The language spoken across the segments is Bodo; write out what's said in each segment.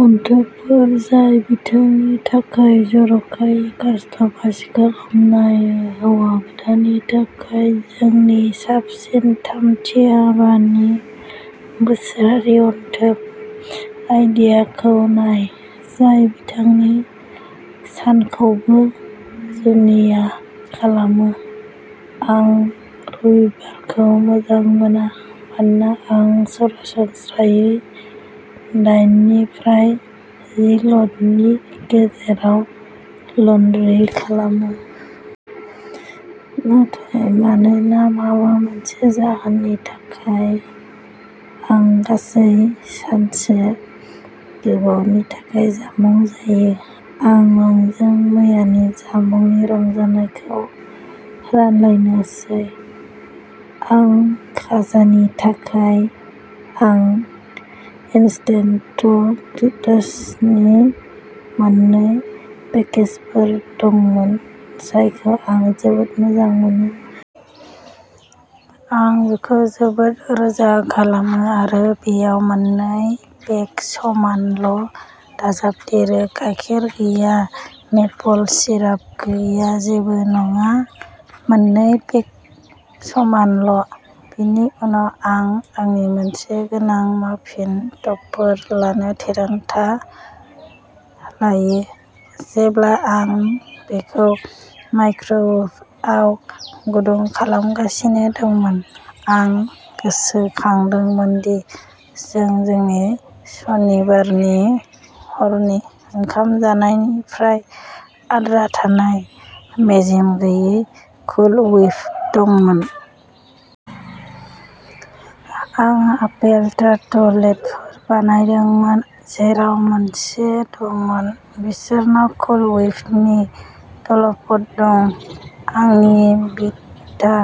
अनथोबफोर जाय बिथांनि थाखाय जर'खायै कास्टमाइज खालामनाय। हौवा गोदाननि थाखाय जोंनि साबसिन थामथि हाबानि बोसोरारि अनथोब आइडियाखौ नाय जाय बिथांनि सानखौबो जुनिया खालामो। आं रबिबारखौ मोजां मोना। मानोना आं सरासनस्रायै दाइननिफ्राय जि ल'डनि गेजेराव लन्ड्रि खालामो। नाथाय मानोना माबा मोनसे जाहोननि थाखाय आं गासै सानसे गोबावनि थाखाय जामुं जायो। आं नोंजों मैयानि जामुंनि रंजानायखौ रानलायनोसै। फुं खाजानि थाखाय आं इन्स्टेन्ट ग्रिट्सनि मोन्नै पेकेजफोर दंमोन जायखौ आं जोबोद मोजां मोनो। आं बेखौ जोबोद रोजा खालामो आरो बेयाव मोननै पेक समानल' दाजाबदेरो। गाइखेर गैया। मेपल सिराप गैया। जेबो नङा। मोननै पेक समानल'। बेनि उनाव आं आंनि मोनसे गोनां माफिन टपफोर लानो थिरांथा लायो। जेब्ला आं बेखौ माइक्र'वेभआव गुदुं खालामगासिनो दंमोन आं गोसोखांदोंमोन दि जों जोंनि सनिबारनि हरनि ओंखाम जानायनिफ्राय आद्रा थानाय मेजेम गैयै कुल व्हिप दंमोन। आं आपेल टार्टलेटफोर बानायदोंमोन जेराव मोनसे दंमोन। बिसोरनाव कुल व्हिपनि द'ल'प दं। आंनि भिटा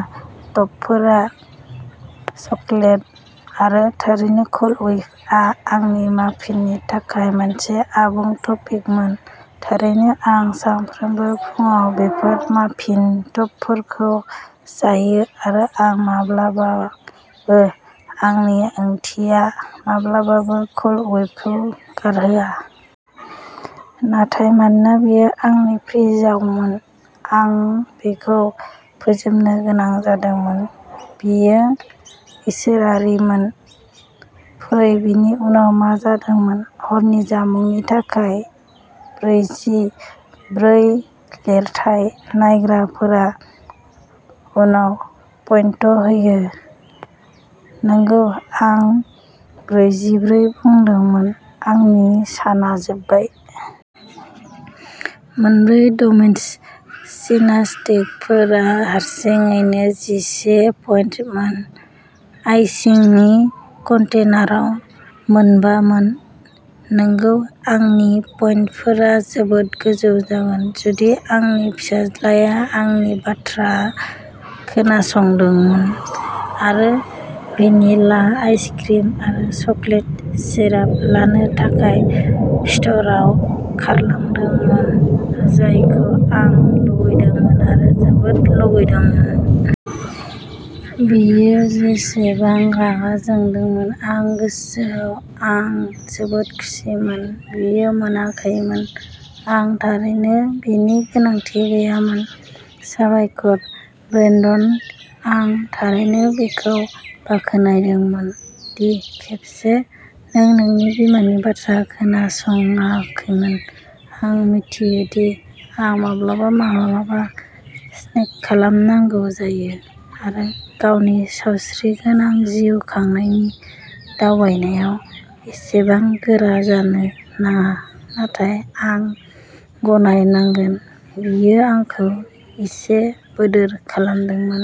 टपफोरा चकलेट आरो थारैनो कुल व्हिपआ आंनि माफिननि थाखाय मोनसे आबुं टपिंमोन। थारैनो आं सानफ्रोमबो फुंआव बेफोर माफिन टपफोरखौ जायो आरो आं माब्लाबाबो आंनि ओंथिया माब्लाबाबो कुल व्हिपखौ गारहोया। नाथाय मानोना बेयो आंनि फ्रिजआवमोन आं बेखौ फोजोबनो गोनां जादोंमोन। बेयो इसोरारिमोन। फै बेनि उनाव मा जादोंमोन। हरनि जामुंनि थाखाय ब्रैजि ब्रै लिरथाय नायग्राफोरा उनाव पइन्ट होयो नंगौ आं बैजिब्रै बुंदोंमोन आंनि साना जोबबाय। मोनब्रै डमिन'स सिनास्टिकफोरा हारसिङैनो जिसे पइन्टमोन। आइसिंनि कन्टेनारआ मोनबामोन। नंगौ आंनि पइन्टफोरा जोबोद गोजौ जागोन जुदि आंनि फिसाज्लाया आंनि बाथ्रा खोनासंदोंमोन आरो भेनिला आइसक्रिम आरो चकलेट सिराप लानो थाखाय स्ट'रआव खारलांदोंमोन जायखौ आं लुबैदोंमोन आरो जोबोद लुबैदोंमोन। बियो जेसेबां रागा जोंदोंमोन आं गोसोआव आं जोबोद खुसिमोन बियो मोनाखैमोन। आं थारैनो बेनि गोनांथि गैयामोन। साबायखर ब्रेन्डन आं थारैनो बेखौ बाखनायदोंमोन दि खेबसे नों नोंनि बिमानि बाथ्रा खोनासङाखैमोन। आं मिथियो दि आं माब्लाबा माब्लाबा स्नेक खालामनांगौ जायो आरो आंनि सावस्रिगोनां जिउ खांनायनि दावबायनायाव एसेबां गोरा जानो नाङा नाथाय आं गनायनांगोन बेयो आंखौ एसे बोदोर खालामदोंमोन।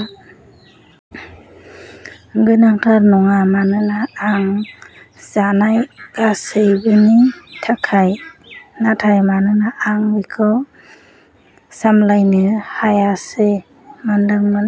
गोनांथार नङा मानोना आं जानाय गासैबोनि थाखाय नाथाय मानोना आं बेखौ सामलायनो हायासै मोनदोंमोन।